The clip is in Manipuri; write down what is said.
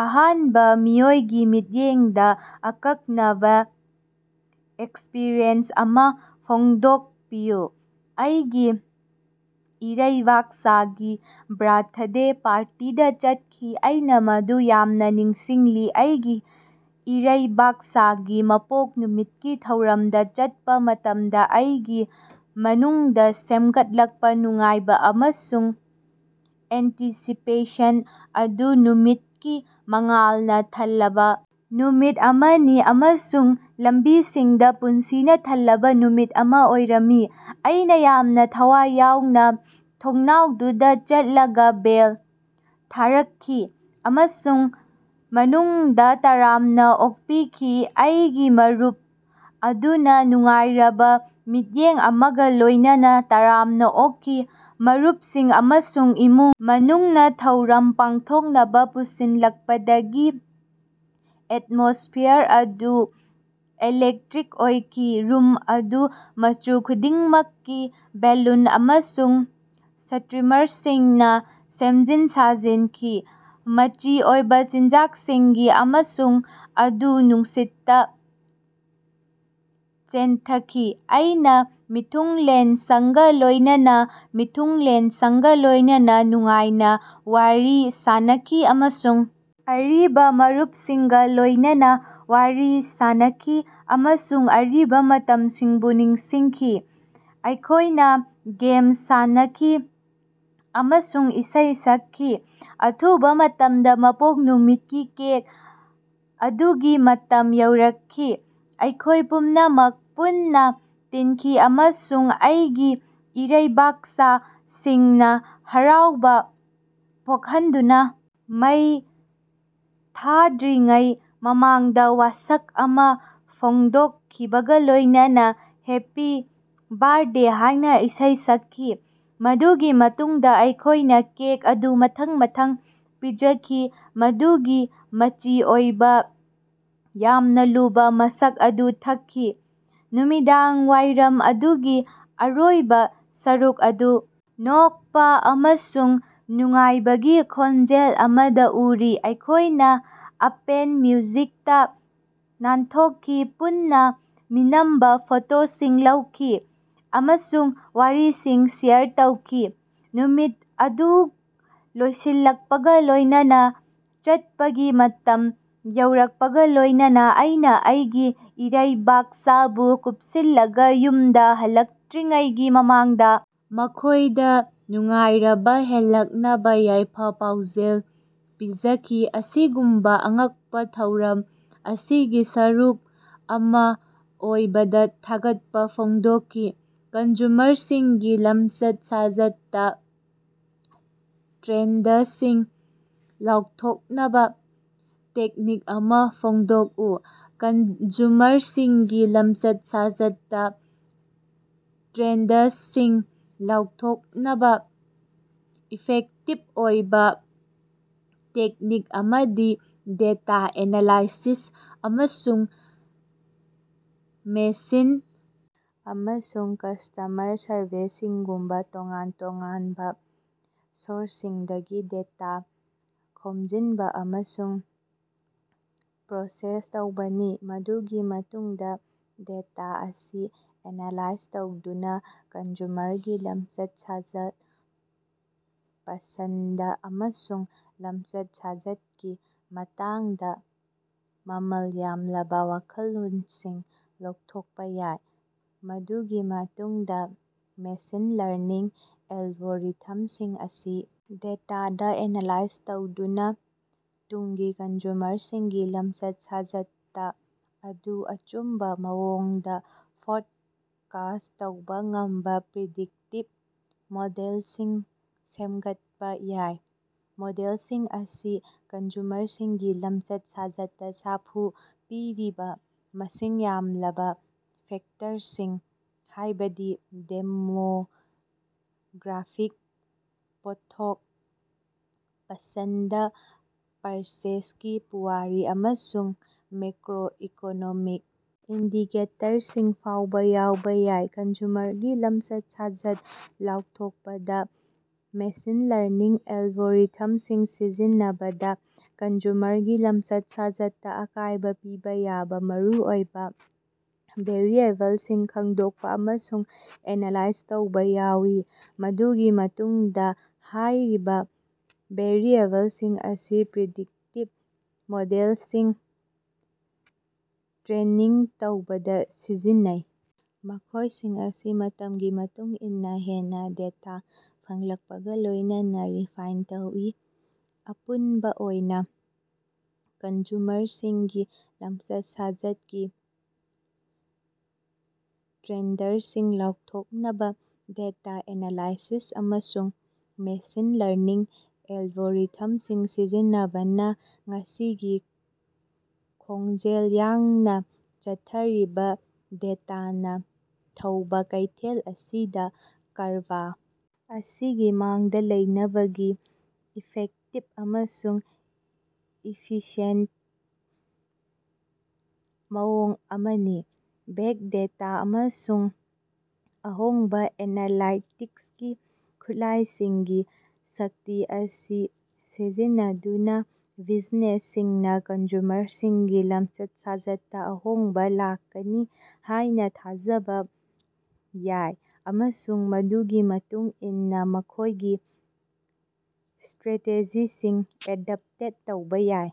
ꯑꯍꯥꯟꯕ ꯃꯤꯑꯣꯏꯒꯤ ꯃꯤꯠꯌꯦꯡꯗ ꯑꯀꯛꯅꯕ ꯑꯦꯛꯁꯄꯤꯔꯤꯌꯦꯟꯁ ꯑꯃ ꯐꯣꯡꯗꯣꯛꯄꯤꯌꯨ꯫ ꯑꯩꯒꯤ ꯏꯔꯩꯕꯥꯛꯁꯥꯒꯤ ꯕ꯭ꯔꯥꯊꯗꯦ ꯄꯥꯔꯇꯤꯗ ꯆꯠꯈꯤ꯫ ꯑꯩꯅ ꯃꯗꯨ ꯌꯥꯝꯅ ꯅꯤꯡꯁꯤꯡꯂꯤ, ꯑꯩꯒꯤ ꯏꯔꯩꯕꯥꯛꯁꯥꯒꯤ ꯃꯄꯣꯛ ꯅꯨꯃꯤꯠꯀꯤ ꯊꯧꯔꯝꯗ ꯆꯠꯄ ꯃꯇꯝꯗ ꯑꯩꯒꯤ ꯃꯅꯨꯡꯗ ꯁꯦꯝꯒꯠꯂꯛꯄ ꯅꯨꯡꯉꯥꯏꯕ ꯑꯃꯁꯨꯡ ꯑꯦꯟꯇꯤꯁꯤꯄꯦꯁꯟ ꯑꯗꯨ꯫ ꯅꯨꯃꯤꯠꯀꯤ ꯃꯉꯥꯜꯅ ꯊꯜꯂꯕꯥ ꯅꯨꯃꯤꯠ ꯑꯃꯅꯤ ꯑꯃꯁꯨꯡ ꯂꯝꯕꯤꯁꯤꯡꯗ ꯄꯨꯟꯁꯤꯅ ꯊꯜꯂꯕꯥ ꯅꯨꯃꯤꯠ ꯑꯃ ꯑꯣꯏꯔꯝꯃꯤ꯫ ꯑꯩꯅ ꯌꯥꯝꯅ ꯊꯋꯥꯏ ꯌꯥꯎꯅ ꯊꯣꯡꯅꯥꯎꯗꯨꯗ ꯆꯠꯂꯒꯥ ꯕꯦꯜ ꯊꯥꯔꯛꯈꯤ ꯑꯃꯁꯨꯡ ꯃꯅꯨꯡꯗ ꯇꯔꯥꯝꯅ ꯑꯣꯛꯄꯤꯈꯤꯕ ꯑꯩꯒꯤ ꯃꯔꯨꯞ ꯑꯗꯨꯅ ꯅꯨꯡꯉꯥꯏꯔꯕꯥ ꯃꯤꯠꯌꯦꯡ ꯑꯃꯒ ꯂꯣꯏꯅꯅ ꯇꯔꯥꯝꯅ ꯑꯣꯛꯈꯤ꯫ ꯃꯔꯨꯞꯁꯤꯡ ꯑꯃꯁꯨꯡ ꯏꯃꯨꯡ ꯃꯅꯨꯡꯅ ꯊꯧꯔꯝ ꯄꯥꯡꯊꯣꯛꯅꯕ ꯄꯨꯟꯁꯤꯜꯂꯛꯄꯗꯒꯤ ꯑꯦꯠꯃꯣꯁ꯭ꯐꯤꯌꯥꯔ ꯑꯗꯨ ꯏꯂꯦꯛꯇꯔꯤꯛ ꯑꯣꯏꯈꯤ꯫ ꯔꯨꯝ ꯑꯗꯨ ꯃꯆꯨ ꯈꯨꯗꯤꯡꯃꯛꯀꯤ ꯕꯦꯂꯨꯟ ꯑꯃꯁꯨꯡ ꯁ꯭ꯇꯔꯤꯃꯔꯁꯤꯡꯅ ꯁꯦꯝꯖꯤꯟ ꯁꯥꯖꯤꯟꯈꯤ, ꯃꯆꯤ ꯑꯣꯏꯕ ꯆꯤꯟꯖꯥꯛꯁꯤꯡꯒꯤ ꯃꯁꯛ ꯑꯗꯨ ꯅꯨꯡꯁꯤꯠꯇ ꯆꯦꯟꯊꯈꯤ꯫ ꯑꯩꯅ ꯃꯤꯊꯨꯡꯂꯦꯟꯁꯤꯡꯒ ꯂꯣꯏꯅꯅ ꯃꯤꯊꯨꯡꯂꯦꯟꯁꯤꯡꯒ ꯂꯣꯏꯅꯅ ꯅꯨꯡꯉꯥꯏꯅ ꯋꯥꯔꯤ ꯁꯥꯅꯈꯤ ꯑꯃꯁꯨꯡ ꯑꯔꯤꯕ ꯃꯔꯨꯞꯁꯤꯡꯒ ꯂꯣꯏꯅꯅꯥ ꯋꯥꯔꯤ ꯁꯥꯅꯈꯤ ꯑꯃꯁꯨꯡ ꯑꯔꯤꯕ ꯃꯇꯝꯁꯤꯡꯕꯨ ꯅꯤꯡꯁꯤꯡꯈꯤ꯫ ꯑꯩꯈꯣꯏꯅ ꯒꯦꯝ ꯁꯥꯟꯅꯈꯤ ꯑꯃꯁꯨꯡ ꯏꯁꯩ ꯁꯛꯈꯤ, ꯑꯊꯨꯕ ꯃꯇꯝꯗ ꯃꯄꯣꯛ ꯅꯨꯃꯤꯠꯀꯤ ꯀꯦꯛ ꯑꯗꯨꯒꯤ ꯃꯇꯝ ꯌꯧꯔꯛꯈꯤ꯫ ꯑꯩꯈꯣꯏ ꯄꯨꯝꯅꯃꯛ ꯄꯨꯟꯅ ꯇꯤꯟꯈꯤ ꯑꯃꯁꯨꯡ ꯑꯩꯒꯤ ꯏꯔꯩꯕꯥꯛꯁꯥ ꯁꯤꯡꯅ ꯍꯔꯥꯎꯕ ꯄꯣꯛꯍꯟꯗꯨꯅ ꯃꯩ ꯊꯥꯗ꯭ꯔꯤꯉꯩ ꯃꯃꯥꯡꯗ ꯋꯥꯁꯛ ꯑꯃ ꯐꯣꯡꯗꯣꯛꯈꯤꯕꯒ ꯂꯣꯏꯅꯅꯥ ꯍꯦꯞꯄꯤ ꯕ꯭ꯔꯊꯗꯦ ꯍꯥꯏꯅ ꯏꯁꯩ ꯁꯛꯈꯤ꯫ ꯃꯗꯨꯒꯤ ꯃꯇꯨꯡꯗ ꯑꯩꯈꯣꯏꯅ ꯀꯦꯛ ꯑꯗꯨ ꯃꯊꯪ ꯃꯊꯪ ꯄꯤꯖꯈꯤ, ꯃꯗꯨꯒꯤ ꯃꯆꯤ ꯑꯣꯏꯕ, ꯌꯥꯝꯅ ꯂꯨꯕ ꯃꯁꯛ ꯑꯗꯨ ꯊꯛꯈꯤ꯫ ꯅꯨꯃꯤꯗꯥꯡꯋꯥꯏꯔꯝ ꯑꯗꯨꯒꯤ ꯑꯔꯣꯏꯕ ꯁꯔꯨꯛ ꯑꯗꯨ ꯅꯣꯛꯄ ꯑꯃꯁꯨꯡ ꯅꯨꯡꯉꯥꯏꯕꯒꯤ ꯈꯣꯟꯖꯦꯜ ꯑꯃꯗ ꯎꯔꯦ, ꯑꯩꯈꯣꯏꯅ ꯑꯄꯦꯟ ꯃ꯭ꯌꯨꯖꯤꯛꯇ ꯅꯥꯟꯊꯣꯛꯈꯤ, ꯄꯨꯟꯅ ꯃꯤꯅꯝꯕ ꯐꯣꯇꯣꯁꯤꯡ ꯂꯧꯈꯤ ꯑꯃꯁꯨꯡ ꯋꯥꯔꯤꯁꯤꯡ ꯁꯦꯌꯔ ꯇꯧꯈꯤ꯫ ꯅꯨꯃꯤꯠ ꯑꯗꯨ ꯂꯣꯏꯁꯤꯜꯂꯛꯄꯒ ꯂꯣꯏꯅꯅ ꯆꯠꯄꯒꯤ ꯃꯇꯝ ꯌꯧꯔꯛꯄꯒ ꯂꯣꯏꯅꯅꯥ ꯑꯩꯅꯥ ꯑꯩꯒꯤ ꯏꯔꯩꯕꯥꯛꯁꯥꯕꯨ ꯀꯨꯞꯁꯤꯜꯂꯒꯥ ꯌꯨꯝꯗ ꯍꯜꯂꯛꯇꯔꯤꯉꯩꯒꯤ ꯃꯃꯥꯡꯗ ꯃꯈꯣꯏꯗ ꯅꯨꯡꯉꯥꯏꯔꯕꯥ ꯍꯜꯂꯛꯅꯕ ꯌꯥꯏꯐ-ꯄꯥꯎꯖꯦꯜ ꯄꯤꯖꯈꯤ, ꯑꯁꯤꯒꯨꯝꯕꯥ ꯑꯉꯛꯄ ꯊꯧꯔꯝ ꯑꯁꯤꯒꯤ ꯁꯔꯨꯛ ꯑꯃ ꯑꯣꯏꯕꯗꯥ ꯊꯥꯒꯠꯄ ꯐꯣꯡꯗꯣꯛꯈꯤ꯫ ꯀꯟꯖꯨꯃꯔꯁꯤꯡꯒꯤ ꯂꯝꯆꯠ-ꯁꯥꯖꯠꯇ ꯇ꯭ꯔꯦꯟꯗꯁꯤꯡ ꯂꯥꯎꯊꯣꯛꯅꯕꯥ ꯇꯦꯛꯅꯤꯛ ꯑꯃ ꯐꯣꯡꯗꯣꯛꯎ꯫ ꯀꯟꯖꯨꯃꯔꯒꯤ ꯂꯝꯆꯠ-ꯁꯥꯖꯠꯇ ꯇ꯭ꯔꯦꯟꯗꯁꯤꯡ ꯂꯥꯎꯊꯣꯛꯅꯕꯥ ꯏꯐꯦꯛꯇꯤꯕ ꯑꯣꯏꯕ ꯇꯦꯛꯅꯤꯛ ꯑꯃꯗꯤ ꯗꯦꯇꯥ ꯑꯦꯅꯥꯂꯥꯏꯁꯤꯁ ꯑꯃꯁꯨꯡ ꯃꯦꯁꯤꯟ ꯑꯃꯁꯨꯡ ꯀꯁ꯭ꯇꯃꯔ ꯁꯔꯚꯦꯁꯤꯡꯒꯨꯝꯕ ꯇꯣꯉꯥꯟ-ꯇꯣꯉꯥꯟꯕ ꯁꯣꯔꯁꯁꯤꯡꯗꯒꯤ ꯗꯦꯇꯥ ꯈꯣꯝꯖꯤꯟꯕ ꯑꯃꯁꯨꯡ ꯄ꯭ꯔꯣꯁꯦꯁ ꯇꯧꯕꯅꯤ꯫ ꯃꯗꯨꯒꯤ ꯃꯇꯨꯡꯗ ꯗꯦꯇꯥ ꯑꯁꯤ ꯑꯦꯅꯥꯂꯥꯏꯖ ꯇꯧꯗꯨꯅ ꯀꯟꯖꯨꯃꯔꯒꯤ ꯂꯝꯆꯠ-ꯁꯥꯖꯠ, ꯄꯁꯟꯗ ꯑꯃꯁꯨꯡ ꯂꯝꯆꯠ-ꯁꯥꯖꯠꯀꯤ ꯃꯇꯥꯡꯗ ꯃꯃꯜ ꯌꯥꯝꯂꯕ ꯋꯥꯈꯜꯂꯣꯟꯁꯤꯡ ꯂꯧꯊꯣꯛꯄ ꯌꯥꯏ꯫ ꯃꯗꯨꯒꯤ ꯃꯇꯨꯡꯗ ꯃꯦꯁꯤꯟ ꯂꯔꯅꯤꯡ ꯑꯦꯜꯒꯣꯔꯤꯊꯝꯁꯤꯡ ꯑꯁꯤ ꯗꯦꯇꯥꯗ ꯑꯦꯅꯥꯂꯥꯏꯖ ꯇꯧꯗꯨꯅ ꯇꯨꯡꯒꯤ ꯀꯟꯖꯨꯃꯔꯁꯤꯡꯒꯤ ꯂꯝꯆꯠ-ꯁꯥꯖꯠ ꯑꯗꯨ ꯑꯆꯨꯝꯕ ꯃꯑꯣꯡꯗ ꯐꯣꯔꯀꯥꯁ꯭ꯠ ꯇꯧꯕ ꯉꯝꯕ ꯄ꯭ꯔꯤꯗꯤꯛꯇꯤꯚ ꯃꯣꯗꯦꯜꯁꯤꯡ ꯁꯦꯝꯒꯠꯄ ꯌꯥꯏ꯫ ꯃꯣꯗꯦꯜꯁꯤꯡ ꯑꯁꯤ ꯀꯟꯖꯨꯃꯔꯁꯤꯡꯒꯤ ꯂꯝꯆꯠ-ꯁꯥꯖꯠꯇ ꯁꯥꯐꯨ ꯄꯤꯔꯤꯕ ꯃꯁꯤꯡ ꯌꯥꯝꯂꯕꯥ ꯐꯦꯛꯇꯔꯁꯤꯡ ꯍꯥꯏꯕꯗꯤ ꯗꯦꯃꯣꯒ꯭ꯔꯥꯐꯤꯛ, ꯄꯣꯠꯊꯣꯛ ꯄꯁꯟꯗ, ꯄꯔꯆꯦꯖꯒꯤ ꯄꯨꯋꯥꯔꯤ, ꯑꯃꯁꯨꯡ ꯃꯦꯀ꯭ꯔꯣ-ꯏꯀꯣꯅꯣꯃꯤꯛ ꯏꯟꯗꯤꯀꯦꯇꯔꯁꯤꯡ ꯐꯥꯎꯕ ꯌꯥꯎꯕ ꯌꯥꯏ꯫ ꯀꯟꯖꯨꯃꯔꯒꯤ ꯂꯝꯆꯠ-ꯁꯥꯖꯠ ꯂꯥꯎꯊꯣꯛꯄꯗ ꯃꯦꯁꯤꯟ ꯂꯔꯅꯤꯡ ꯑꯦꯜꯒꯣꯔꯤꯊꯝꯁꯤꯡ ꯁꯤꯖꯤꯟꯅꯕꯗ ꯀꯟꯖꯨꯃꯔꯒꯤ ꯂꯝꯆꯠ-ꯁꯥꯖꯠꯇ ꯑꯀꯥꯏꯕ ꯄꯤꯕ ꯌꯥꯕ ꯃꯔꯨꯑꯣꯏꯕ ꯚꯦꯔꯤꯑꯦꯕꯜꯁꯤꯡ ꯈꯪꯗꯣꯛꯄ ꯑꯃꯁꯨꯡ ꯑꯦꯅꯥꯂꯥꯏꯖ ꯇꯧꯕ ꯌꯥꯎꯏ꯫ ꯃꯗꯨꯒꯤ ꯃꯇꯨꯡꯗ ꯍꯥꯏꯔꯤꯕ ꯚꯦꯔꯤꯑꯦꯕꯜꯁꯤꯡ ꯑꯁꯤ ꯄ꯭ꯔꯤꯗꯤꯛꯇꯤꯚ ꯃꯣꯗꯦꯜꯁꯤꯡ ꯇ꯭ꯔꯦꯅꯤꯡ ꯇꯧꯕꯗ ꯁꯤꯖꯤꯟꯅꯩ, ꯃꯈꯣꯏꯁꯤꯡ ꯑꯁꯤ ꯃꯇꯝꯒꯤ ꯃꯇꯨꯡ ꯏꯟꯅ ꯍꯦꯟꯅ ꯗꯦꯇꯥ ꯐꯪꯂꯛꯄꯒ ꯂꯣꯏꯅꯅ ꯔꯤꯐꯥꯏꯟ ꯇꯧꯏ꯫ ꯑꯄꯨꯟꯕ ꯑꯣꯏꯅ, ꯀꯟꯖꯨꯃꯔꯁꯤꯡꯒꯤ ꯂꯝꯆꯠ-ꯁꯥꯖꯠꯀꯤ ꯇ꯭ꯔꯦꯟꯗꯁꯤꯡ ꯂꯥꯎꯊꯣꯛꯅꯕꯥ ꯗꯦꯇꯥ ꯑꯦꯅꯥꯂꯥꯏꯁꯤꯁ ꯑꯃꯁꯨꯡ ꯃꯦꯁꯤꯟ ꯂꯔꯅꯤꯡ ꯑꯦꯜꯒꯣꯔꯤꯊꯃꯁꯤꯡ ꯁꯤꯖꯤꯟꯅꯕꯅꯥ ꯉꯁꯤꯒꯤ ꯈꯣꯡꯖꯦꯜ ꯌꯥꯡꯅ ꯆꯠꯊꯔꯤꯕ, ꯗꯦꯇꯥꯅ ꯊꯧꯕꯥ ꯀꯩꯊꯦꯜ ꯑꯁꯤꯗ ꯀꯔꯕ ꯑꯁꯤꯒꯤ ꯃꯥꯡꯗ ꯂꯩꯅꯕꯒꯤ ꯏꯐꯦꯛꯇꯤꯕ ꯑꯃꯁꯨꯡ ꯏꯐꯤꯁꯤꯌꯦꯟꯇ ꯃꯑꯣꯡ ꯑꯃꯅꯤ꯫ ꯕꯤꯒ ꯗꯦꯇꯥ ꯑꯃꯁꯨꯡ ꯑꯍꯣꯡꯕ ꯑꯦꯅꯥꯂꯥꯏꯇꯤꯛꯁꯀꯤ ꯈꯨꯠꯂꯥꯏꯁꯤꯡꯒꯤ ꯁꯛꯇꯤ ꯑꯁꯤ ꯁꯤꯖꯤꯟꯅꯗꯨꯅ ꯕꯤꯖꯤꯅꯦꯁꯁꯤꯡꯅ ꯀꯟꯖꯨꯃꯔꯁꯤꯡꯒꯤ ꯂꯝꯆꯠ-ꯁꯥꯖꯠꯇ ꯑꯍꯣꯡꯕ ꯂꯥꯛꯀꯅꯤ ꯍꯥꯏꯅ ꯊꯥꯖꯕ ꯌꯥꯏ ꯑꯃꯁꯨꯡ ꯃꯗꯨꯒꯤ ꯃꯇꯨꯡ ꯏꯟꯅ ꯃꯈꯣꯏꯒꯤ ꯁ꯭ꯊꯔꯦꯇꯦꯖꯤꯁꯤꯡ ꯑꯦꯗ꯭ꯞꯇꯦꯠ ꯇꯧꯕ ꯌꯥꯏ꯫